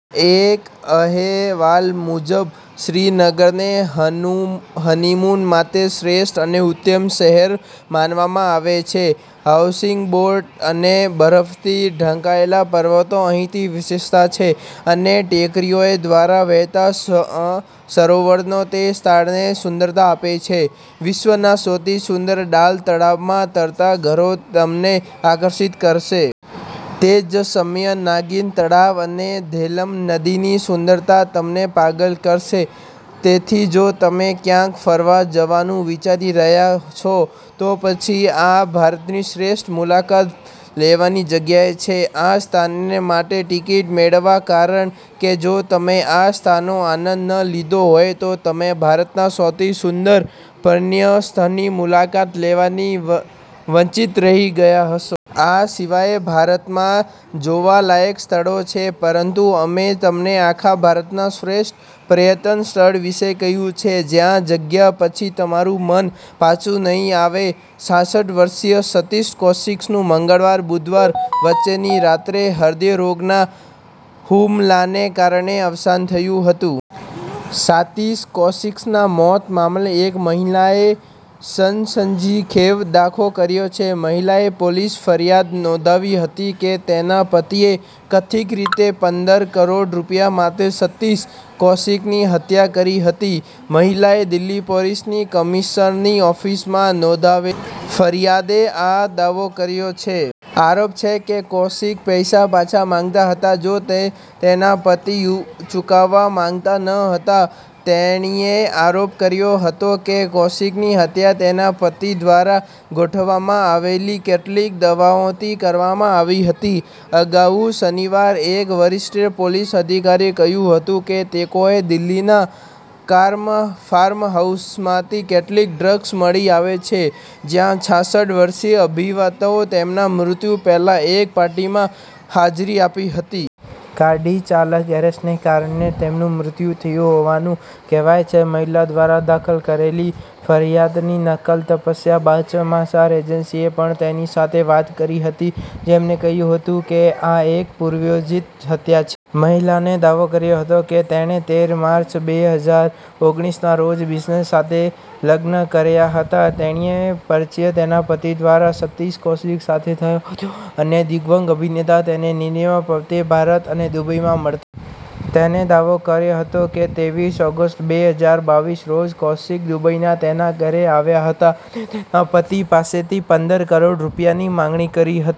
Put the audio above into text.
એક અહેવાલ મુજબ, શ્રીનગરને હનીમૂન માટે શ્રેષ્ઠ અને ઉત્તમ શહેર માનવામાં આવે છે. હાઉસબોટ અને બરફથી ઢંકાયેલ પર્વતો અહીંની વિશેષતા છે અને ટેકરીઓ દ્વારા વહેતા સરોવરો તે સ્થાનને સુંદરતા આપે છે. વિશ્વના સૌથી સુંદર ડાલ તળાવમાં તરતા ઘરો તમને આકર્ષિત કરશે. તે જ સમયે, નાગિન તળાવ અને ધેલમ નદીની સુંદરતા તમને પાગલ કરશે. તેથી જો તમે ક્યાંક ફરવા જવાનું વિચારી રહ્યા છો, તો પછી આ ભારતની શ્રેષ્ઠ મુલાકાત લેવાની જગ્યાઓ છે – આ સ્થાનો માટે ટિકિટ મેળવો કારણ કે, જો તમે આ સ્થાનોનો આનંદ ન લીધો હોય તો તમે ભારતના સૌથી સુંદર પર્યટન સ્થળની મુલાકાત લેવાથી વંચિત રહી ગયા હશો. આ સિવાય ભારતમાં જોવાલાયક સ્થળો છે. પરંતુ અમે તમને આખા ભારતના શ્રેષ્ઠ પર્યટન સ્થળ વિશે કહ્યું છે, જ્યાં ગયા પછી તમારું મન પાછું નહીં આવે. છાસઠ વર્ષીય સતીશ કૌશિકનું મંગળવાર-બુધવારની વચ્ચેની રાત્રે હૃદયરોગના હુમલાને કારણે અવસાન થયું હતું. સતીશ કૌશિકના મોત મામલે એક મહિલાએ સનસનીખેજ દાવો કર્યો છે. મહિલાએ પોલીસ ફરિયાદ નોંધાવી હતી કે તેના પતિએ કથિત રીતે પંદર કરોડ રૂપિયા માટે સતીશ કૌશિકની હત્યા કરી હતી. મહિલાએ દિલ્હી પોલીસ કમિશનરની ઓફિસમાં નોંધાવેલી ફરિયાદમાં આ દાવો કર્યો છે. આરોપ છે કે કૌશિક પૈસા પાછા માંગતા હતા, જે તેના પતિ ચૂકવવા માંગતા ન હતા. તેણીએ આક્ષેપ કર્યો હતો કે, કૌશિકની હત્યા તેના પતિ દ્વારા ગોઠવવામાં આવેલી કેટલીક દવાઓથી કરવામાં આવી હતી. અગાઉ શનિવારે, એક વરિષ્ઠ પોલીસ અધિકારીએ કહ્યું હતું કે, તેઓએ દિલ્હીના ફાર્મહાઉસમાંથી કેટલીક 'ડ્રગ્સ' મળી આવી છે, જ્યાં છાસઠ વર્ષીય અભિનેતાએ તેમના મૃત્યુ પહેલાં એક પાર્ટીમાં હાજરી આપી હતી. કાર્ડિયાક અરેસ્ટને કારણે તેમનું મૃત્યુ થયું હોવાનું કહેવાય છે. મહિલા દ્વારા દાખલ કરાયેલી ફરિયાદની નકલ તપાસ્યા બાદ સમાચાર એજન્સી એ પણ તેની સાથે વાત કરી હતી, જેમણે કહ્યું હતું કે આ એક પૂર્વયોજિત હત્યા છે. મહિલાએ દાવો કર્યો હતો કે, તેણે તેર માર્ચ બે હજાર ઓગણીસ ના રોજ બિઝનેસમેન સાથે લગ્ન કર્યા હતા. તેણીનો પરિચય તેના પતિ દ્વારા સતીશ કૌશિક સાથે થયો હતો અને દિવંગત અભિનેતા તેને નિયમિતપણે ભારત અને દુબઈમાં મળતા હતા. તેણે દાવો કર્યો હતો કે, ત્રેવીસ ઓગસ્ટ બે હજાર બાવીસના રોજ કૌશિક દુબઈમાં તેના ઘરે આવ્યા હતા અને તેના પતિ પાસેથી પંદર કરોડ રૂપિયાની માંગણી કરી હતી.